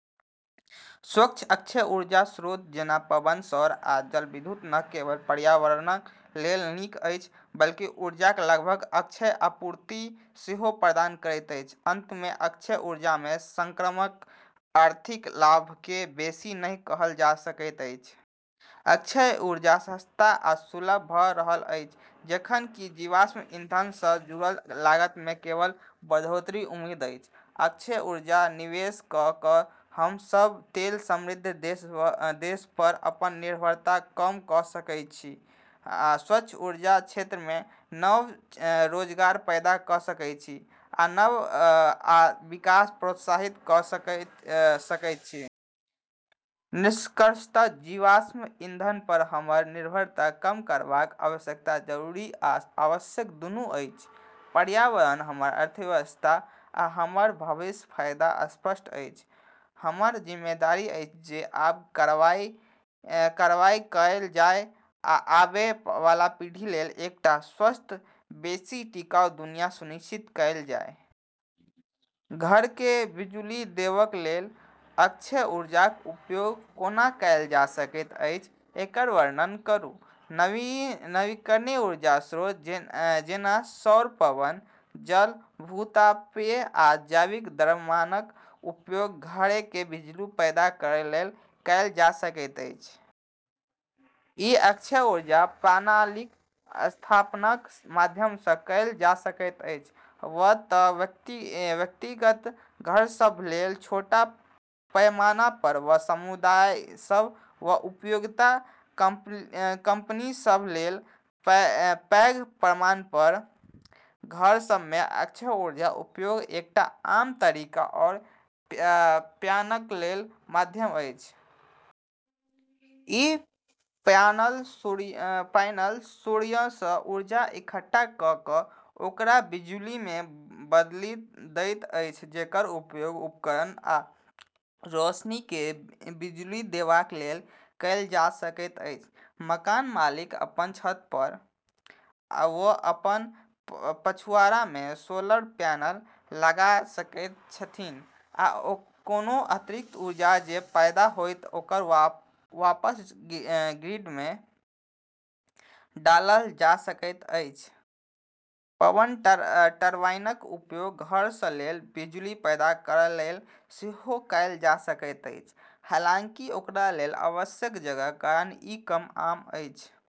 स्वच्छ, अक्षय ऊर्जा स्रोत जेना पवन, सौर, आ जलविद्युत न केवल पर्यावरणक लेल नीक अछि, बल्कि ऊर्जाक लगभग अक्षय आपूर्ति सेहो प्रदान करैत अछि। अन्तमे, अक्षय ऊर्जामे सङ्क्रमणक आर्थिक लाभकेँ बेसी नहि कहल जा सकैत अछि। अक्षय ऊर्जा सस्ता आ सुलभ भऽ रहल अछि, जखन कि जीवाश्म ईन्धनसँ जुड़ल लागतमे केवल बढ़ोतरीक उम्मीद अछि। अक्षय ऊर्जामे निवेश कऽ कऽ हम सभ तेल समृद्ध देशसभपर अपन निर्भरताकेँ कम कऽ सकैत छी, स्वच्छ ऊर्जा क्षेत्रमे नव रोजगार पैदा कऽ सकैत छी, आ नवाचार आ विकासकेँ प्रोत्साहित कऽ सकैत छी। निष्कर्षतः जीवाश्म ईन्धनपर हमर निर्भरता कम करबाक आवश्यकता जरूरी आ आवश्यक दूनू अछि। पर्यावरण, हमर अर्थव्यवस्था, आ हमर भविष्यक फायदा स्पष्ट अछि। हमर जिम्मेदारी अछि जे आब कार्रवाई कएल जाय, आबै वाला पीढ़ीलेल एकटा स्वस्थ, बेसी टिकाऊ दुनिया सुनिश्चित कएल जाय। घरकेँ बिजुली देबाक लेल अक्षय ऊर्जाक उपयोग कोना कएल जा सकैत अछि, एकर वर्णन करू। नवीकरणीय ऊर्जा स्रोत जेना सौर, पवन, जल, भू-तापीय, आ जैव द्रव्यमानक उपयोग घरकेँ बिजुली पैदा करैलेल कएल जा सकैत अछि। ई अक्षय ऊर्जा प्रणालीक स्थापनाक माध्यमसँ कएल जा सकैत अछि, वा तँ व्यक्तिगत घरसभलेल छोट पैमानापर वा समुदायसभ वा उपयोगिता कम्पनीसभलेल पैघ पैमानापर। घरसभमे अक्षय ऊर्जाक उपयोगक एकटा आम तरीका सौर प्यानलक माध्यमसँ अछि। ई प्यानल सूर्यसँ ऊर्जा इकट्ठा कऽ कऽ ओकरा बिजुलीमे बदलि दैत अछि जेकर उपयोग उपकरण आ रोशनीकेँ बिजुली देबाक लेल कएल जा सकैत अछि। मकान मालिक अपन छतपर वा अपन पछुआड़मे सोलर प्यानल लगा सकैत छथि, आ कोनो अतिरिक्त ऊर्जा जे पैदा होयत ओकरा वापस ग्रिडमे डालल जा सकैत अछि। पवन टरबाइनक उपयोग घरसभलेल बिजुली पैदा करैलेल सेहो कएल जा सकैत अछि, हालांकि ओकरालेल आवश्यक जगहक कारण ई कम आम अछि।